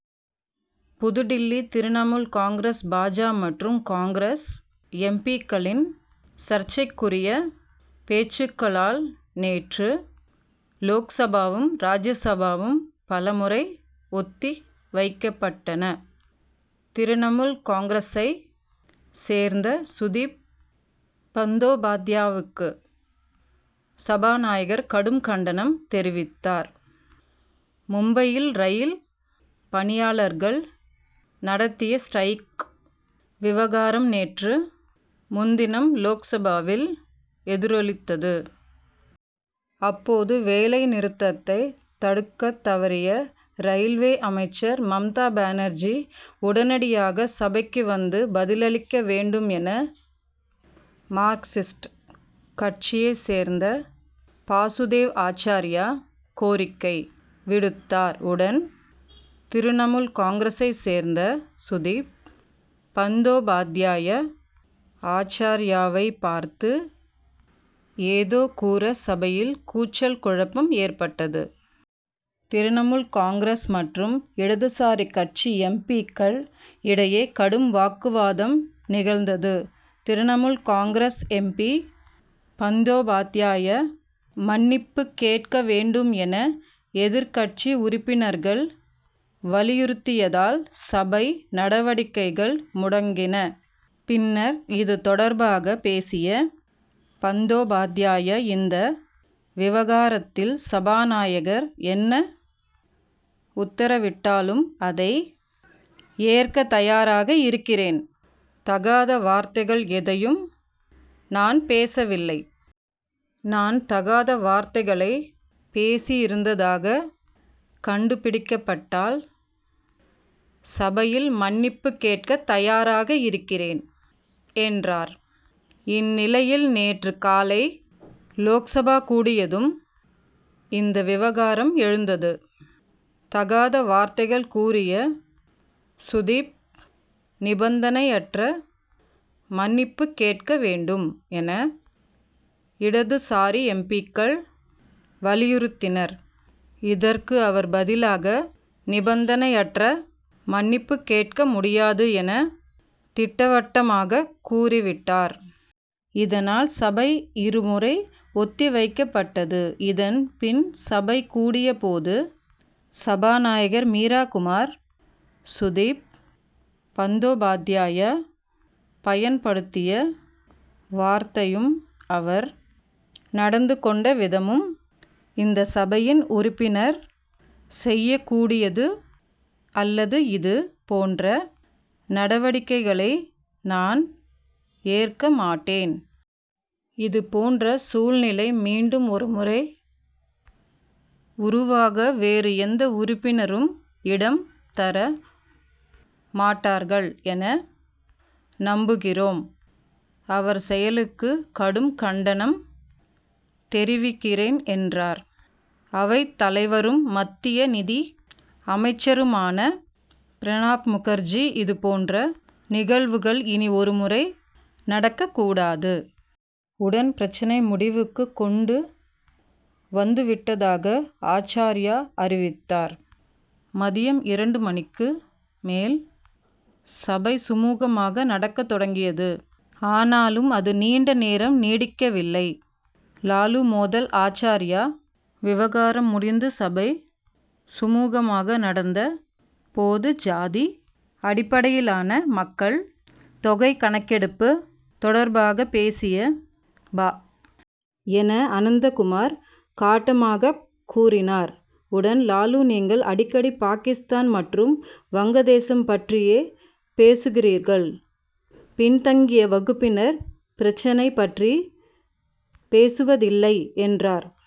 புதுடில்லி திரிணமுல் காங்கிரஸ் பா. ஜ. மற்றும் காங்கிரஸ் எம். பி.க்களின் சர்ச்சைக்குரிய பேச்சுக்களால் நேற்று லோக்சபாவும் ராஜ்ய சபாவும் பல முறை ஒத்தி வைக்கப்பட்டன. திரிணமுல் காங்கிரசைச் சேர்ந்த சுதிப் பந்தோபாத்யாவுக்கு சபாநாயகர் கடும் கண்டனம் தெரிவித்தார். மும்பையில் ரயில் பணியாளர்கள் நடத்திய ஸ்டிரைக் விவகாரம் நேற்று முன்தினம் லோக்சபாவில் எதிரொலித்தது. அப்போது வேலை நிறுத்தத்தை தடுக்கத் தவறிய ரயில்வே அமைச்சர் மம்தா பானர்ஜி உடனடியாக சபைக்கு வந்து பதிலளிக்க வேண்டும் என மார்க்சிஸ்ட் கட்சியைச் சேர்ந்த பாசுதேவ் ஆச்சார்யா கோரிக்கை விடுத்தார். உடன் திரிணமுல் காங்கிரசைச் சேர்ந்த சுதிப் பந்தோபாத்யாயா ஆச்சார்யாவைப் பார்த்து ஏதோ கூற சபையில் கூச்சல் குழப்பம் ஏற்பட்டது. திரிணமுல் காங்கிரஸ் மற்றும் இடதுசாரி கட்சி எம். பி.க்கள் இடையே கடும் வாக்குவாதம் நிகழ்ந்தது. திரிணமுல் காங்கிரஸ் எம். பி. பந்தோபாத்யாயா மன்னிப்பு கேட்க வேண்டும் என எதிர்க்கட்சி உறுப்பினர்கள் வலியுறுத்தியதால் சபை நடவடிக்கைகள் முடங்கின. பின்னர் இது தொடர்பாக பேசிய பந்தோபாத்யாயா இந்த விவகாரத்தில் சபாநாயகர் என்ன உத்தரவிட்டாலும் அதை ஏற்க தயாராக இருக்கிறேன் தகாத வார்த்தைகள் எதையும் நான் பேசவில்லை. நான் தகாத வார்த்தைகளை பேசியிருந்ததாக கண்டுபிடிக்கப்பட்டால் சபையில் மன்னிப்பு கேட்கத் தயாராக இருக்கிறேன் என்றார். இந்நிலையில் நேற்று காலை லோக்சபா கூடியதும் இந்த விவகாரம் எழுந்தது. தகாத வார்த்தைகள் கூறிய சுதிப் நிபந்தனையற்ற மன்னிப்பு கேட்க வேண்டும் என இடதுசாரி எம். பி.க்கள் வலியுறுத்தினர். இதற்கு அவர் பதிலாக நிபந்தனையற்ற மன்னிப்பு கேட்க முடியாது என திட்டவட்டமாகக் கூறிவிட்டார். இதனால் சபை இரு முறை ஒத்தி வைக்கப்பட்டது. இதன் பின் சபை கூடியபோது சபாநாயகர் மீரா குமார் சுதிப் பந்தோபாத்யாயா பயன்படுத்திய வார்த்தையும் அவர் நடந்து கொண்ட விதமும் இந்த சபையின் உறுப்பினர் செய்யக் கூடியது அல்லது இது போன்ற நடவடிக்கைகளை நான் ஏற்க மாட்டேன். இது போன்ற சூழ்நிலை மீண்டும் ஒரு முறை உருவாக வேறு எந்த உறுப்பினரும் இடம் தர மாட்டார்கள் என நம்புகிறோம். அவர் செயலுக்கு கடும் கண்டனம் தெரிவிக்கிறேன் என்றார். அவைத் தலைவரும் மத்திய நிதி அமைச்சருமான பிரணாப் முகர்ஜி இதுபோன்ற நிகழ்வுகள் இனி ஒரு முறை நடக்கக்கூடாது. உடன் பிரச்னை முடிவுக்கு கொண்டு வந்துவிட்டதாக ஆச்சார்யா அறிவித்தார். மதியம் இரண்டு மணிக்கு மேல் சபை சுமூகமாக நடக்கத் தொடங்கியது. ஆனாலும் அது நீண்ட நேரம் நீடிக்கவில்லை. லாலு மோதல் ஆச்சார்யா விவகாரம் முடிந்து சபை சுமூகமாக நடந்த போது ஜாதி அடிப்படையிலான மக்கள் தொகை கணக்கெடுப்பு தொடர்பாக பேசிய பா. என அனந்தகுமார் காட்டமாகக் கூறினார். உடன் லாலு நீங்கள் அடிக்கடி பாகிஸ்தான் மற்றும் வங்கதேசம் பற்றியே பேசுகிறீர்கள் பின்தங்கிய வகுப்பினர் பிரச்னை பற்றி பேசுவதில்லை என்றார்.